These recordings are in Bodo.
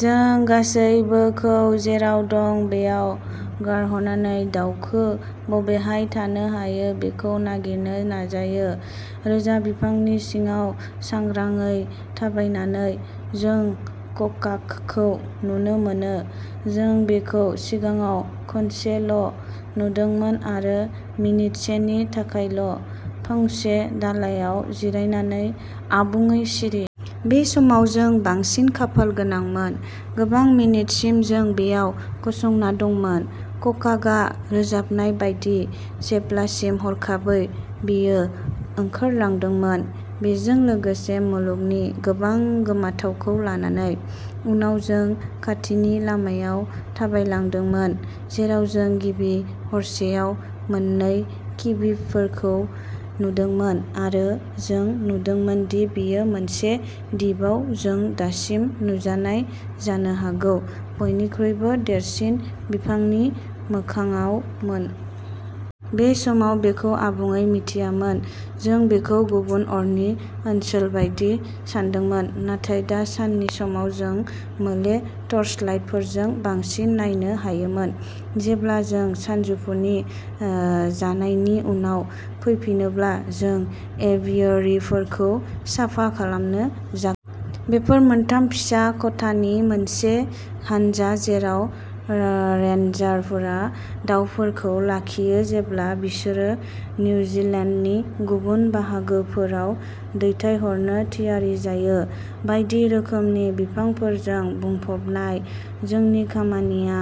जों गासैबोखौ जेराव दं बेयाव गारहरनानै दावखौ बबेहाय थानो हायो बेखौ नागिरनो नाजायो। रोजा बिफांनि सिङाव सांग्राङै थाबायनानै, जों ककाकखौ नुनो मोनो। जों बेखौ सिगाङाव खनसेल' नुदोंमोन आरो मिनितसेनि थाखायल', फांसे दालाइआव जिरायनानै, आबुङै सिरि। बे समाव जों बांसिन खाफाल गोनांमोन। गोबां मिनिटसिम जों बेयाव गसंना दंमोन, ककाकआ रोजाबनाय बायदि, जेब्लासिम हरखाबै बेयो ओंखारलांदोंमोन, बेजों लोगोसे मुलुगनि गोबां गोमोथावखौ लानानै। उनाव जों खाथिनि लामायाव थाबायलांदोंमोन, जेराव जों गिबि हरसेयाव मोननै किविफोरखौ नुदोंमोन आरो जों नुदोंमोन दि बेयो मोनसे दिपआव जों दासिम नुजानाय जानो हागौ बयनिख्रुइबो देरसिन बिफांनि मोखाङावमोन। बै समाव बेखौ आबुङै मिथियामोन, जों बेखौ गुबुन अरनि ओनसोल बायदि सान्दोंमोन, नाथाय दा साननि समाव जों मोले टर्चलाइटफोरजों बांसिन नायनो हायोमोन। जेब्ला जों सानजौफुनि ओ जानायनि उनाव फैफिनोब्ला जों एभियारिफोरखौ साफा खालामनो जा बेफोर मोनथाम फिसा खथानि मोनसे हानजा जेराव ओ रेन्जारफोरा दाउफोरखौ लाखियो जेब्ला बिसोरो निउजिलेन्डनि गुबुन बाहागोफोराव दैथायहरनो थियारि जायो। बायदि रोखोमनि बिफांफोरजों बुंफबनाय, जोंनि खामानिया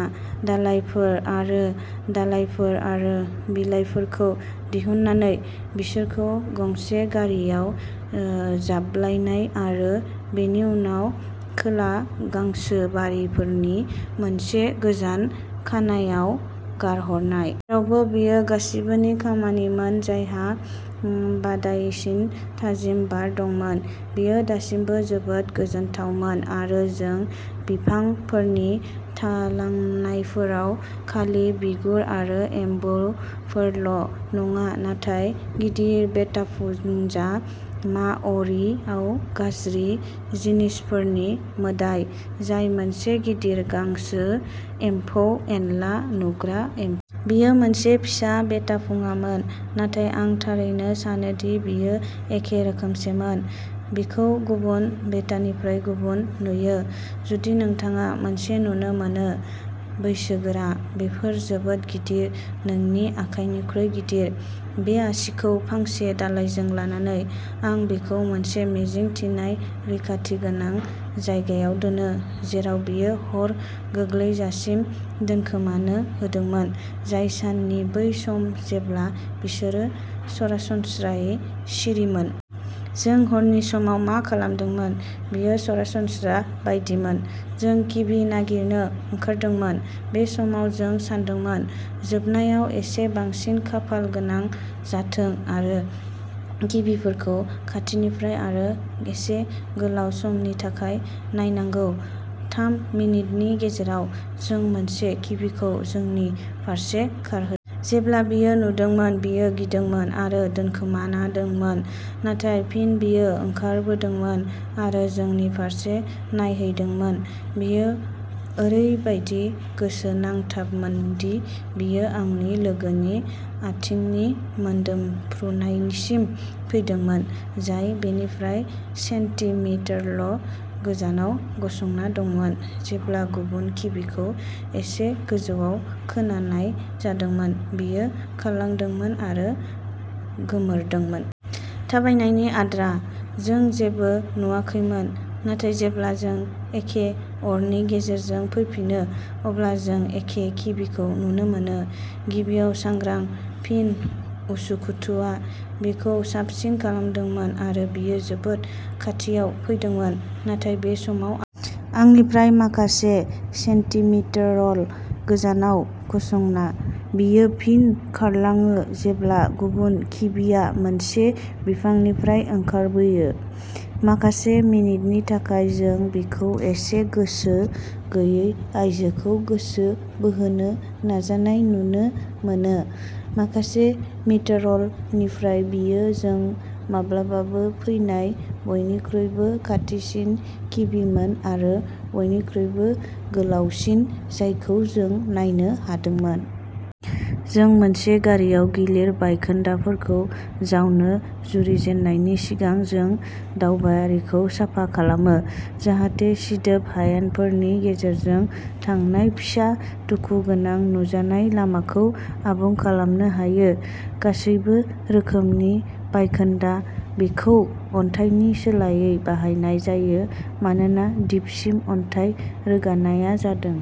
दालाइफोर आरो दालाइफोर आरो बिलाइफोरखौ दिहुननानै, बिसोरखौ गंसे गारिआव ओ जाब्लायनाय आरो बेनि उनाव खोला गांसोबारिफोरनि मोनसे गोजान खानायाव गारहरनाय। जेरावबो बेयो गासिबोनि खामानिमोन जायहा उम बादायसिन थाजिम बार दंमोन, बेयो दासिमबो जोबोद गोजोनथावमोन आरो जों बिफांफोरनि थालांनायफोराव खालि बिगुर आरो एम्बुफोरल' नङा, नाथाय गिदिर वेटापुंगा-माओरीआव "गाज्रि जिनिसफोरनि मोदाइ", जाय मोनसे गिदिर गांसो, एम्फौ-एनला नुग्रा एम बेयो मोनसे फिसा वेटापुंगामोन, नाथाय आं थारैनो सानोदि बेयो एखे रोखोमसेमोन। बेखौ गुबुन वेटानिफ्राय गुबुन नुयो। जुदि नोंथाङा मोनसे नुनो मोनो। बैसोगोरा, बेफोर जोबोद गिदिर नोंनि आखाइनिख्रुइबो गिदिर> बे आसिखौ फांसे दालाइजों लानानै, आं बेखौ मोनसे मिजिं थिनाय रैखाथि गोनां जायगायाव दोनो, जेराव बेयो हर गोग्लैजासिम दोनखोमानो हादोंमोन, जाय साननि बै सम जेब्ला बिसोरो सरासनस्रायै सिरिमोन। जों हरनि समाव मा खालामदोंमोन, बेयो सरासनस्रा बायदिमोन, जों किवी नागिरनो ओंखारदोंमोन। बे समाव, जों सानदोंमोन, जोबनायाव एसे बांसिन खाफालगोनां जाथों आरो किवीफोरखौ खाथिनिफ्राय आरो एसे गोलाव समनि थाखाय नायनांगौ। थाम मिनिटनि गेजेराव, जों मोनसे किवीखौ जोंनि फारसे खारहो जेब्ला बेयो नुदोंमोन, बेयो गिदोंमोन आरो दोनखोमाना दंमोन, नाथाय फिन बेयो ओंखारबोदोंमोन आरो जोंनि फारसे नायहैदोंमोन। बेयो ओरैबादि गोसोनांथाबमोनदि बेयो आंनि लोगोनि आथिंनि मोदोमफ्रुनायसिम फैदोंमोन, जाय बेनिफ्राय सेन्टिमिटारल' गोजानाव गसंना दंमोन। जेब्ला गुबुन किवीखौ एसे गोजौआव खोनानाय जादोंमोन, बेयो खारलांदोंमोन आरो गोमोरदोंमोन। थाबायनायनि आद्रा, जों जेबो नुवाखैमोन, नाथाय जेब्ला जों एखे अरनि गेजेरजों फैफिनो, अब्ला जों एखे किवीखौ नुनो मोनो। गिबियाव सांग्रां, फिन उसुखुथुआ बेखौ साबसिन खालामदोंमोन आरो बेयो जोबोद खाथियाव फैदोंमोन, नाथाय बे समाव आं। आंनिफ्राय माखासे सेन्टिमिटार'लगोजानाव गसंना, बेयो फिन खारलाङो जेब्ला गुबुन किवीआ मोनसे बिफांनिफ्राय ओंखारबोयो। माखासे मिनिटनि थाखाय जों बिखौ एसे गोसो गैयै आइजोखौ गोसो बोहोनो नाजानाय नुनो मोनो। माखासे मिटार'लनिफ्राय बेयो जों माब्लाबाबो फैनाय बयनिख्रुइबो खाथिसिन किवीमोन आरो बयनिख्रुइबो गोलावसिन जायखौ जों नायनो हादोंमोन। जों मोनसे गारिआव गिलिर बायखोन्दाफोरखौ जावनो जुरिजेननायनि सिगां जों दावबारिखौ साफा खालामो, जाहाथे सिदोब हायेनफोरनि गेजेरजों थांनाय फिसा दुखुगोनां नुजानाय लामाखौ आबुं खालामनो हायो। गासैबो रोखोमनि बायखोन्दा, बेखौ अन्थाइनि सोलायै बाहायनाय जायो मानोना दिपसिम अन्थाइ रोगानायआ जादों।